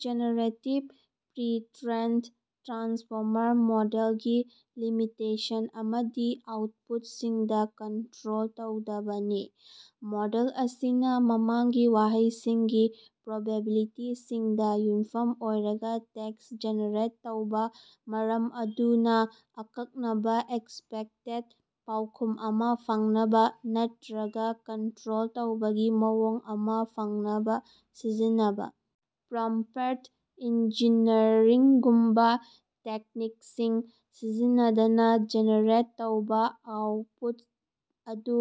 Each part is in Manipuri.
ꯖꯦꯅꯦꯔꯦꯇꯤꯚ ꯄ꯭ꯔꯤ-ꯇ꯭ꯔꯦꯟꯗ ꯇ꯭ꯔꯥꯟꯁꯐꯣꯃꯔ ꯃꯣꯗꯦꯜꯒꯤ ꯂꯤꯃꯤꯇꯦꯁꯟ ꯑꯃꯗꯤ ꯑꯥꯎꯠꯄꯨꯠꯁꯤꯡꯗ ꯀꯟꯇ꯭ꯔꯣꯜ ꯇꯧꯗꯕꯅꯤ꯫ ꯃꯣꯗꯦꯜ ꯑꯁꯤꯅ ꯃꯃꯥꯡꯒꯤ ꯋꯥꯍꯩꯁꯤꯡꯒꯤ ꯄ꯭ꯔꯣꯕꯦꯕꯤꯂꯤꯇꯤꯁꯤꯡꯗ ꯌꯨꯝꯐꯝ ꯑꯣꯏꯔꯒ ꯇꯦꯛꯁ ꯖꯦꯅꯦꯔꯦꯠ ꯇꯧꯏ ꯃꯔꯝ ꯑꯗꯨꯅ ꯑꯀꯛꯅꯕ ꯑꯦꯛꯁꯄꯦꯛꯇꯦꯗ ꯄꯥꯎꯈꯨꯝ ꯑꯃ ꯐꯪꯅꯕ ꯅꯠꯇ꯭ꯔꯒ ꯀꯟꯇ꯭ꯔꯣꯜ ꯇꯧꯕꯒꯤ ꯃꯑꯣꯡ ꯑꯃ ꯐꯪꯅꯕ ꯁꯤꯖꯤꯟꯅꯕ ꯄ꯭ꯔꯣꯝꯐ꯭ꯔꯠ ꯏꯟꯖꯤꯅꯔꯤꯡ ꯒꯨꯝꯕ ꯇꯦꯛꯅꯤꯛꯁꯤꯡ ꯁꯤꯖꯤꯟꯅꯗꯅ ꯖꯦꯅꯦꯔꯦꯠ ꯇꯧꯕ ꯑꯥꯎꯠꯄꯨꯠ ꯑꯗꯨ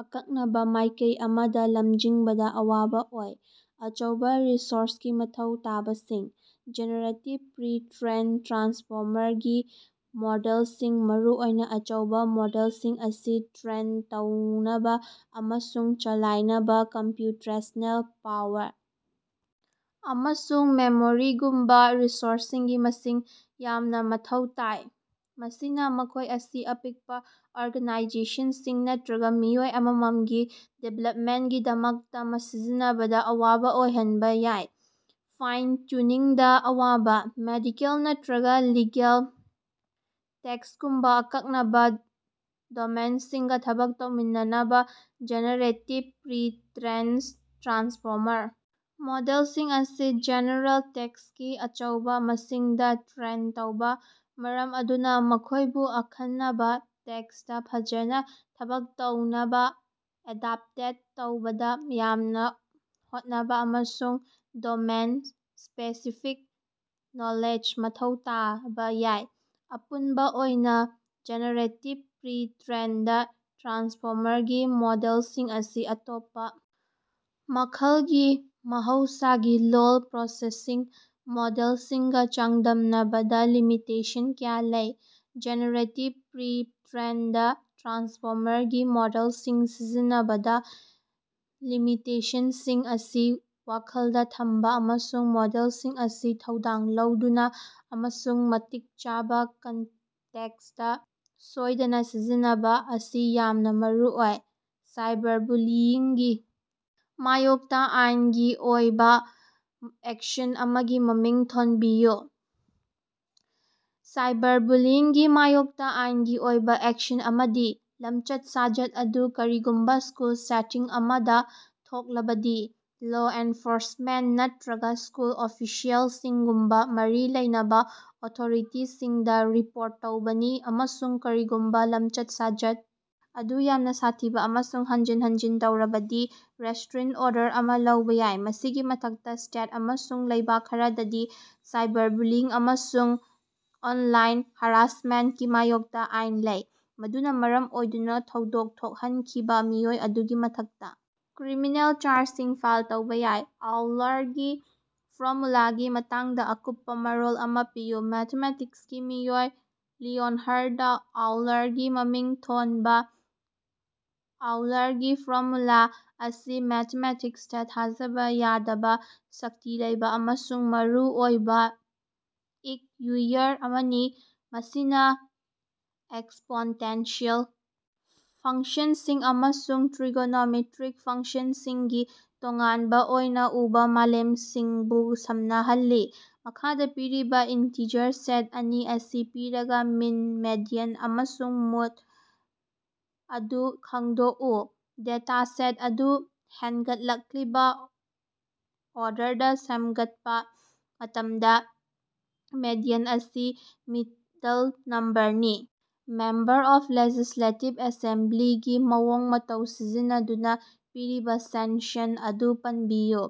ꯑꯀꯛꯅꯕ ꯃꯥꯏꯀꯩ ꯑꯃꯗ ꯂꯝꯖꯤꯡꯕꯗ ꯑꯋꯥꯕ ꯑꯣꯏ꯫ ꯑꯆꯧꯕ ꯔꯤꯁꯣꯔꯁꯀꯤ ꯃꯊꯧ ꯇꯥꯕꯁꯤꯡ: ꯖꯦꯅꯦꯔꯦꯇꯤꯚ ꯄ꯭ꯔꯤ-ꯇ꯭ꯔꯦꯟꯗ ꯇ꯭ꯔꯥꯟꯁꯐꯣꯃꯔꯒꯤ ꯃꯣꯗꯦꯜꯁꯤꯡ, ꯃꯔꯨꯑꯣꯏꯅ ꯑꯆꯧꯕ ꯃꯣꯗꯦꯜꯁꯤꯡ ꯑꯁꯤꯅ ꯇ꯭ꯔꯦꯟ ꯇꯧꯅꯕ ꯑꯃꯁꯨꯡ ꯆꯂꯥꯏꯅꯕ ꯀꯝꯄ꯭ꯌꯨꯇ꯭ꯔꯦꯁ꯭ꯅꯦꯜ ꯄꯥꯋꯔ ꯑꯃꯁꯨꯡ ꯃꯦꯃꯣꯔꯤꯒꯨꯝꯕ ꯔꯤꯁꯣꯔꯁꯁꯤꯡꯒꯤ ꯃꯁꯤꯡ ꯌꯥꯝꯅ ꯃꯊꯧ ꯇꯥꯏ꯫ ꯃꯁꯤꯅ ꯃꯈꯣꯏ ꯑꯁꯤ ꯑꯄꯤꯛꯄ ꯑꯣꯔꯒꯅꯥꯏꯖꯦꯁꯟꯁꯤꯡ ꯅꯠꯇ꯭ꯔꯒ ꯃꯤꯑꯣꯏ ꯑꯃꯃꯝꯒꯤ ꯗꯤꯚꯦꯂꯞꯃꯦꯟꯒꯤꯗꯃꯛꯇ ꯁꯤꯖꯤꯟꯅꯕꯗ ꯑꯋꯥꯕ ꯑꯣꯏꯍꯟꯕ ꯌꯥꯏ꯫ ꯐꯥꯏꯟ-ꯇꯨꯅꯤꯡꯗ ꯑꯋꯥꯕ: ꯃꯦꯗꯤꯀꯦꯜ ꯅꯠꯇ꯭ꯔꯒ ꯂꯤꯒꯦꯜ ꯇꯦꯛꯁꯒꯨꯝꯕ ꯑꯀꯛꯅꯕ ꯗꯣꯃꯦꯟꯁꯤꯡꯒ ꯊꯕꯛ ꯇꯧꯃꯤꯟꯅꯅꯕ ꯖꯦꯅꯦꯔꯦꯇꯤꯚ ꯄ꯭ꯔꯤ-ꯇ꯭ꯔꯦꯟꯗ ꯇ꯭ꯔꯥꯟꯁꯐꯣꯃꯔ ꯃꯣꯗꯦꯜꯁꯤꯡ ꯑꯁꯤ ꯖꯦꯅꯦꯔꯦꯜ ꯇꯦꯛꯁꯀꯤ ꯑꯆꯧꯕ ꯃꯁꯤꯡꯗꯥꯇ꯭ꯔꯦꯟ ꯇꯧꯕ, ꯃꯔꯝ ꯑꯗꯨꯅ ꯃꯈꯣꯏꯕꯨ ꯑꯈꯟꯅꯕ ꯇꯦꯛꯁꯇ ꯐꯖꯅ ꯊꯕꯛ ꯇꯧꯅꯕ ꯑꯦꯗꯥꯞꯇꯦꯠ ꯇꯧꯕꯗ ꯌꯥꯝꯅ ꯍꯣꯠꯅꯕ ꯑꯃꯁꯨꯡ ꯗꯣꯃꯦꯟ-ꯁ꯭ꯄꯦꯁꯤꯐꯤꯛ ꯅꯣꯂꯦꯖ ꯃꯊꯧ ꯇꯥꯕ ꯌꯥꯏ꯫ ꯑꯄꯨꯟꯕ ꯑꯣꯏꯅ ꯖꯦꯅꯦꯔꯦꯇꯤꯚ ꯄ꯭ꯔꯤ-ꯇ꯭ꯔꯦꯟꯗ ꯇ꯭ꯔꯥꯟꯁꯐꯣꯃꯔꯒꯤ ꯃꯣꯗꯦꯜꯁꯤꯡ ꯑꯁꯤ ꯑꯇꯣꯞꯄ ꯃꯈꯜꯒꯤ ꯃꯍꯧꯁꯥꯒꯤ ꯂꯣꯜ ꯄ꯭ꯔꯣꯁꯦꯁꯤꯡ ꯃꯣꯗꯦꯜꯁꯤꯡꯒ ꯆꯥꯡꯗꯝꯅꯕꯗ ꯂꯤꯃꯤꯇꯦꯁꯟ ꯀꯌꯥ ꯂꯩ꯫ ꯖꯦꯅꯦꯔꯦꯇꯤꯚ ꯄ꯭ꯔꯤ-ꯇ꯭ꯔꯦꯟꯗ ꯇ꯭ꯔꯥꯟꯁꯐꯣꯃꯔꯒꯤ ꯃꯣꯗꯦꯜꯁꯤꯡ ꯁꯤꯖꯤꯟꯅꯕꯗ ꯂꯤꯃꯤꯇꯦꯁꯟꯁꯤꯡ ꯑꯁꯤ ꯋꯥꯈꯜꯗ ꯊꯝꯕ ꯑꯃꯁꯨꯡ ꯃꯣꯗꯦꯜꯁꯤꯡ ꯑꯁꯤ ꯊꯧꯗꯥꯡ ꯂꯧꯗꯨꯅ ꯑꯃꯁꯨꯡ ꯃꯇꯤꯛ ꯆꯥꯕ ꯀꯟꯇꯦꯛꯁꯇ ꯁꯣꯏꯗꯅ ꯁꯤꯖꯤꯟꯅꯕ ꯑꯁꯤ ꯌꯥꯝꯅ ꯃꯔꯨꯑꯣꯏ꯫ ꯁꯥꯏꯕꯔꯕꯨꯂꯤꯌꯤꯡꯒꯤ ꯃꯥꯌꯣꯛꯇ ꯑꯥꯏꯟꯒꯤ ꯑꯣꯏꯕ ꯑꯦꯛꯁꯟ ꯑꯃꯒꯤ ꯃꯃꯤꯡ ꯊꯣꯟꯕꯤꯌꯨ꯫ ꯁꯥꯏꯕꯔꯕꯨꯂꯤꯌꯤꯡꯒꯤ ꯃꯥꯌꯣꯛꯇ ꯑꯥꯏꯟꯒꯤ ꯑꯣꯏꯕ ꯑꯦꯛꯁꯟ ꯑꯃꯗꯤ, ꯂꯝꯆꯠ-ꯁꯥꯖꯠ ꯑꯗꯨ ꯀꯔꯤꯒꯨꯝꯕ ꯁ꯭ꯀꯨꯜ ꯁꯦꯇꯤꯡ ꯑꯃꯗ ꯊꯣꯛꯂꯕꯗꯤ ꯂꯣ ꯑꯦꯟꯐꯣꯔꯁꯃꯦꯟꯇ ꯅꯠꯇ꯭ꯔꯒ ꯁ꯭ꯀꯨꯜ ꯑꯣꯐꯤꯁꯤꯑꯦꯜꯁꯤꯡꯒꯨꯝꯕ ꯃꯔꯤ ꯂꯩꯅꯕ ꯑꯣꯊꯣꯔꯤꯇꯤꯁꯤꯡꯗ ꯔꯤꯄꯣꯔꯠ ꯇꯧꯕꯅꯤ ꯑꯃꯁꯨꯡ ꯀꯔꯤꯒꯨꯝꯕ ꯂꯝꯆꯠ-ꯁꯥꯖꯠ ꯑꯗꯨ ꯌꯥꯝꯅ ꯁꯥꯊꯤꯕ ꯑꯃꯁꯨꯡ ꯍꯟꯖꯤꯟ ꯍꯟꯖꯤꯟ ꯇꯧꯔꯕꯗꯤ ꯔꯦꯁꯇ꯭ꯔꯤꯟ ꯑꯣꯔꯗꯔ ꯑꯃ ꯂꯧꯕ ꯌꯥꯏ꯫ ꯃꯁꯤꯒꯤ ꯃꯊꯛꯇ, ꯁ꯭ꯇꯦꯠ ꯑꯃꯁꯨꯡ ꯂꯩꯕꯥꯛ ꯈꯔꯗꯗꯤ ꯁꯥꯏꯕꯔꯕꯨꯂꯤꯌꯤꯡ ꯑꯃꯁꯨꯡ ꯑꯣꯟꯂꯥꯏꯟ ꯍꯔꯥꯁꯃꯦꯟꯇꯀꯤ ꯃꯥꯌꯣꯛꯇ ꯑꯥꯏꯟ ꯂꯩ, ꯃꯗꯨꯅ ꯃꯔꯝ ꯑꯣꯏꯗꯨꯅ ꯊꯧꯗꯣꯛ ꯊꯣꯛꯍꯟꯈꯤꯕ ꯃꯤꯑꯣꯏ ꯑꯗꯨꯒꯤ ꯃꯊꯛꯇ ꯀ꯭ꯔꯤꯃꯤꯅꯦꯜ ꯆꯥꯔꯖꯁꯤꯡ ꯐꯥꯏꯜ ꯇꯧꯕ ꯌꯥꯏ꯫ ꯑꯣꯎꯂꯔꯒꯤ ꯐꯣꯔꯃꯨꯂꯥꯒꯤ ꯃꯇꯥꯡꯗ ꯑꯀꯨꯞꯄ ꯃꯔꯣꯜ ꯑꯃ ꯄꯤꯌꯨ꯫ ꯃꯦꯊꯃꯦꯇꯤꯛꯁꯀꯤ ꯃꯤꯑꯣꯏ ꯂꯤꯑꯣꯅꯍꯥꯔꯗ ꯑꯣꯎꯂꯔꯒꯤ ꯃꯃꯤꯡ ꯊꯣꯟꯕ ꯑꯣꯎꯂꯔꯒꯤ ꯐꯣꯔꯃꯨꯂꯥ ꯑꯁꯤ ꯃꯦꯊꯃꯦꯇꯤꯛꯁꯇ ꯊꯥꯖꯕ ꯌꯥꯗꯕ ꯁꯛꯇꯤ ꯂꯩꯕ ꯑꯃꯁꯨꯡ ꯃꯔꯨ ꯑꯣꯏꯕ ꯏꯛꯌꯨꯏꯌꯔ ꯑꯃꯅꯤ ꯃꯁꯤꯅ ꯑꯦꯛꯁꯄꯣꯟꯇꯦꯟꯁꯤꯑꯦꯜ ꯐꯪꯁꯟꯁꯤꯡ ꯑꯃꯁꯨꯡ ꯇ꯭ꯔꯤꯏꯒꯣꯅꯣꯃꯦꯇ꯭ꯔꯤꯛ ꯐꯪꯁꯟꯁꯤꯡꯒꯤ ꯇꯣꯉꯥꯟꯕ ꯑꯣꯏꯅ ꯎꯕ ꯃꯥꯂꯦꯝꯁꯤꯡꯕꯨ ꯁꯝꯅꯍꯜꯂꯤ꯫ ꯃꯈꯥꯗ ꯄꯤꯔꯤꯕ ꯏꯟꯇꯤꯖꯔ ꯁꯦꯠ ꯑꯅꯤ ꯑꯁꯤ ꯄꯤꯔꯒ, ꯃꯤꯟ, ꯃꯦꯗꯤꯌꯟ ꯑꯃꯁꯨꯡ ꯃꯣꯗ ꯑꯗꯨ ꯈꯪꯗꯣꯛꯎ꯫ ꯗꯦꯇꯥ ꯁꯦꯠ ꯑꯗꯨ ꯍꯦꯟꯒꯠꯂꯛꯂꯤꯕ ꯑꯣꯔꯗꯔꯗ ꯁꯦꯝꯒꯠꯄ ꯃꯇꯝꯗ ꯃꯦꯗꯤꯌꯟ ꯑꯁꯤ ꯃꯤꯗꯜ ꯅꯝꯕꯔꯅꯤ꯫ ꯃꯦꯝꯕꯔ ꯑꯣꯐ ꯂꯦꯖꯤꯁꯂꯦꯇꯤꯚ ꯑꯦꯁꯦꯝꯕ꯭ꯂꯤ ꯒꯤ ꯃꯑꯣꯡ ꯃꯇꯧ ꯁꯤꯖꯤꯟꯅꯗꯨꯅ ꯄꯤꯔꯤꯕ ꯁꯦꯟꯁꯟ ꯑꯗꯨ ꯄꯟꯕꯤꯌꯨ꯫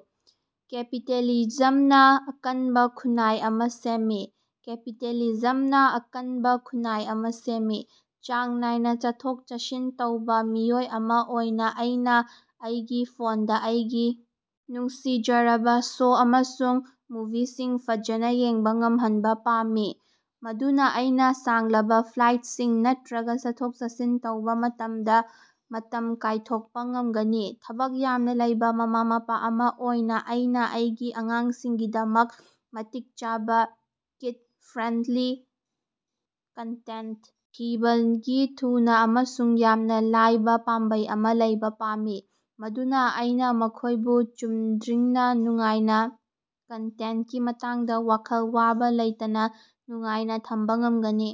ꯀꯦꯄꯤꯇꯦꯂꯤꯖꯝꯅ ꯑꯀꯟꯕ ꯈꯨꯟꯅꯥꯏ ꯑꯃꯥ ꯁꯦꯝꯃꯤ꯫ ꯀꯦꯄꯤꯇꯦꯂꯤꯖꯝꯅ ꯑꯀꯟꯕ ꯈꯨꯟꯅꯥꯏ ꯑꯃ ꯁꯦꯝꯃꯤ꯫ ꯆꯥꯡ ꯅꯥꯏꯅ ꯆꯠꯊꯣꯛ-ꯆꯠꯁꯤꯟ ꯇꯧꯕ ꯃꯤꯑꯣꯏ ꯑꯃ ꯑꯣꯏꯅ ꯑꯩꯅ ꯑꯩꯒꯤ ꯐꯣꯟꯗ ꯑꯩꯒꯤ ꯅꯨꯡꯁꯤꯖꯔꯕ ꯁꯣ ꯑꯃꯁꯨꯡ ꯃꯨꯚꯤꯁꯤꯡ ꯐꯖꯅ ꯌꯦꯡꯕ ꯉꯝꯍꯟꯕ ꯄꯥꯝꯃꯤ, ꯃꯗꯨꯅ ꯑꯩꯅ ꯁꯥꯡꯂꯕ ꯐ꯭ꯂꯥꯏꯠꯁꯤꯡ ꯅꯠꯇ꯭ꯔꯒ ꯆꯠꯊꯣꯛ-ꯆꯠꯁꯤꯟ ꯇꯧꯕ ꯃꯇꯝꯗ ꯃꯇꯝ ꯀꯥꯏꯊꯣꯛꯄ ꯉꯝꯒꯅꯤ ꯫ ꯊꯕꯛ ꯌꯥꯝꯅ ꯂꯩꯕ ꯃꯃꯥ-ꯃꯄꯥ ꯑꯃ ꯑꯣꯏꯅ ꯑꯩꯅ ꯑꯩꯒꯤ ꯑꯉꯥꯡꯁꯤꯡꯒꯤꯗꯃꯛ ꯃꯇꯤꯛ ꯆꯥꯕ, ꯀꯤꯗ-ꯐ꯭ꯔꯦꯟꯗꯂꯤ ꯀꯟꯇꯦꯟꯇ ꯊꯤꯕꯒꯤ ꯊꯨꯅ ꯑꯃꯁꯨꯡ ꯌꯥꯝꯅ ꯂꯥꯏꯕ ꯄꯥꯝꯕꯩ ꯑꯃ ꯂꯩꯕ ꯄꯥꯝꯃꯤ, ꯃꯗꯨꯅ ꯑꯩꯅ ꯃꯈꯣꯏꯕꯨ ꯆꯨꯝꯗ꯭ꯔꯤꯡꯅ ꯅꯨꯡꯉꯥꯏꯅ ꯀꯟꯇꯦꯟꯇꯀꯤ ꯃꯇꯥꯡꯗ ꯋꯥꯈꯜ ꯋꯥꯕ ꯂꯩꯇꯅ ꯅꯨꯡꯉꯥꯏꯅ ꯊꯝꯕ ꯉꯝꯒꯅꯤ꯫